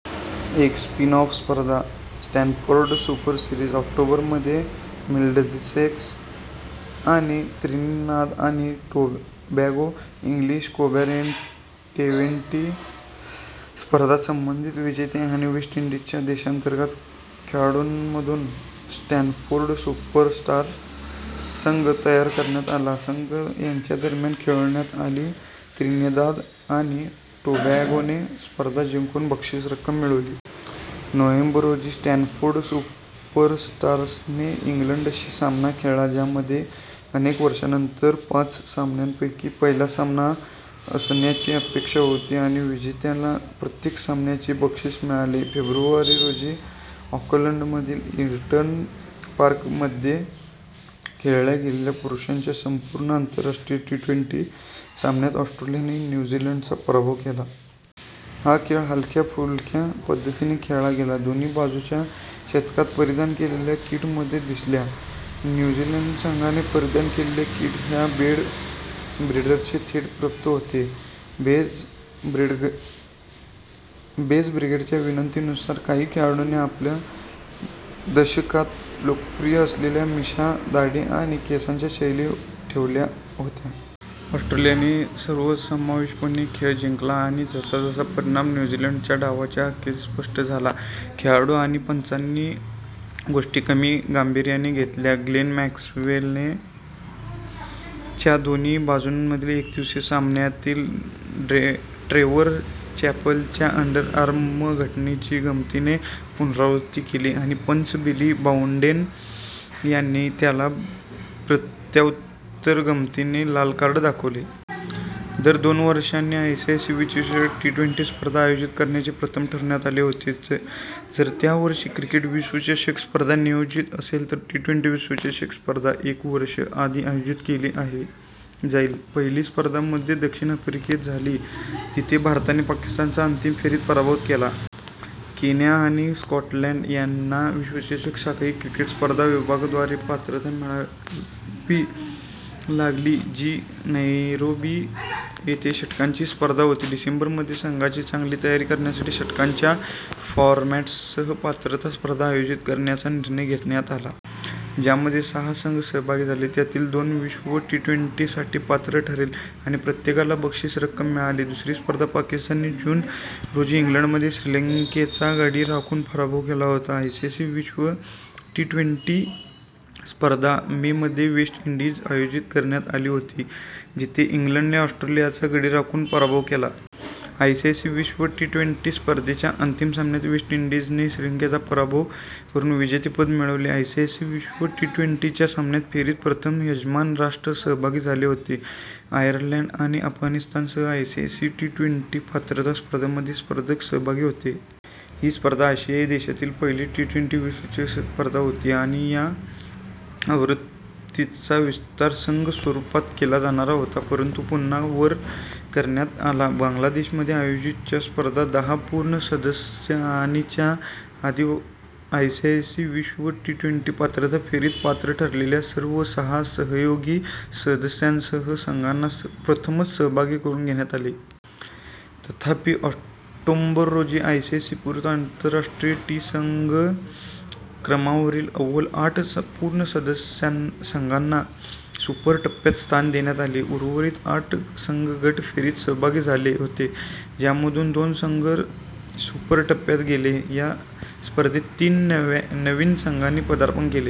एक स्पिन-ऑफ स्पर्धा, Stanford super series, October मध्ये मिडलसेक्स आणि त्रिनिदाद आणि टोबॅगो, इंग्लिश आणि कॅरिबियन ट्वेंटी- स्पर्धांचे संबंधित विजेते आणि वेस्ट इंडीजच्या देशांतर्गत खेळाडूंमधून स्टॅनफोर्ड सुपरस्टार्स संघ तयार करण्यात आला संघ; यांच्या दरम्यान खेळविण्यात आली त्रिनिदाद आणि टोबॅगोने स्पर्धा जिंकून बक्षीस रक्कम मिळवली. नोव्हेंबर रोजी, स्टॅनफोर्ड सुपरस्टार्सने इंग्लंडशी सामना खेळला ज्यामध्ये अनेक वर्षांनंतर पाच सामन्यांपैकी पाहिला सामना असण्याची अपेक्षा होती आणि विजेत्याला प्रत्येक सामन्यात चे बक्षीस मिळाले.। फेब्रुवारी रोजी ऑकलंडमधील ईडन पार्क येथे खेळल्या गेलेल्या पुरुषांच्या संपूर्ण आंतरराष्ट्रीय ट्वेंटी सामन्यात ऑस्ट्रेलियाने न्यू झीलंडचा पराभव केला. हा खेळ हलक्या-फुलक्या पद्धतीने खेळला गेला – दोन्ही बाजू च्या दशकात परिधान केलेल्या किटमध्ये दिसल्या, न्यू झीलंड संघाने परिधान केलेल्या किट ह्या बेज ब्रिगेडची थेट प्रत होती. बेज ब्रिगेडच्या विनंतीनुसार, काही खेळाडूंनी च्या दशकात लोकप्रिय असलेल्या मिशा/दाढी आणि केसांच्या शैली देखील ठेवल्या होत्या. ऑस्ट्रेलियाने सर्वसमावेशकपणे खेळ जिंकला, आणि जसजसा परिणाम न्यू झीलंडच्या डावाच्या अखेरीस स्पष्ट झाला, खेळाडू आणि पंचांनी गोष्टी कमी गांभीर्याने घेतल्या ग्लेन मॅकग्राने च्या दोन्ही बाजूंमधील एकदिवसीय सामन्यातील ट्रेव्हर चॅपलच्या अंडरआर्म घटनेची गंमतीने पुनरावृत्ती केली आणि पंच बिली बाउडेन यांनी त्याला प्रत्युत्तरात गंमतीने लाल कार्ड दाखवले. दर दोन वर्षांनी आयसीसी विश्वचषक ट्वेंटी- स्पर्धा आयोजित करण्याचे प्रथम ठरवण्यात आले होते, जर त्या वर्षी क्रिकेट विश्वचषक स्पर्धा नियोजित असेल तर ट्वेंटी- विश्वचषक स्पर्धा एक वर्ष आधी आयोजित केली जाईल. पहिली स्पर्धा मध्ये दक्षिण आफ्रिकेत झाली जिथे भारताने पाकिस्तानचा अंतिम फेरीत पराभव केला. केन्या आणि स्कॉटलंड यांना विश्व साखळी क्रिकेट स्पर्धा विभाग द्वारे पात्रता मिळवावी लागली जी नैरोबी येथे षटकांची स्पर्धा होती. डिसेंबर मध्ये संघांची चांगली तयारी करण्यासाठी षटकांच्या फॉरमॅटसह पात्रता स्पर्धा आयोजित करण्याचा निर्णय घेण्यात आला. ज्यामध्ये सहा संघ सहभागी झाले, त्यातील दोन विश्व ट्वेंटी साठी पात्र ठरले आणि प्रत्येकाला बक्षीस रक्कम मिळाली. दुसरी स्पर्धा पाकिस्तानने जून रोजी इंग्लंडमध्ये श्रीलंकेचा गडी राखून पराभव केला होता. आयसीसी विश्व ट्वेंटी स्पर्धा मे मध्ये वेस्ट इंडीजमध्ये आयोजित करण्यात आली होती, जिथे इंग्लंडने ऑस्ट्रेलियाचा गडी राखून पराभव केला होता. आयसीसी विश्व ट्वेंटी स्पर्धेच्या अंतिम सामन्यात वेस्ट इंडीजने श्रीलंकेचा पराभव करून विजेतेपद मिळवले. आयसीसी विश्व ट्वेंटी- च्या अंतिम फेरीत प्रथमच यजमान राष्ट्र सहभागी झाले होते. आयर्लंड आणि अफगाणिस्तानसह आयसीसी विश्व ट्वेंटी पात्रता, स्पर्धेमध्ये स्पर्धक सहभागी होते. ही स्पर्धा आशियाई देशातील पहिला टी विश्वचषक स्पर्धा होती. च्या आवृत्तीचा विस्तार संघ स्वरूपात केला जाणार होता परंतु तो पुन्हा वर करण्यात आला. बांगलादेशमध्ये आयोजित च्या स्पर्धेत दहा पूर्ण सदस्य आणि च्या आयसीसी विश्व ट्वेंटी पात्रता फेरीत पात्र ठरलेल्या सर्व सहा सहयोगी सदस्यांसह संघांना प्रथमच सहभागी करून घेण्यात आले होते. तथापि ऑक्टोबर रोजी आयसीसी पुरुष आंतरराष्ट्रीय टी संघ क्रमवारीतील अव्वल आठ पूर्ण सदस्य संघांना सुपर टप्प्यात स्थान देण्यात आले. उर्वरित आठ संघ गट फेरीमध्ये सहभागी झाले होते, ज्यामधून दोन संघ सुपर टप्प्यात गेले. या स्पर्धेत तीन नवीन संघांनी पदार्पण केले.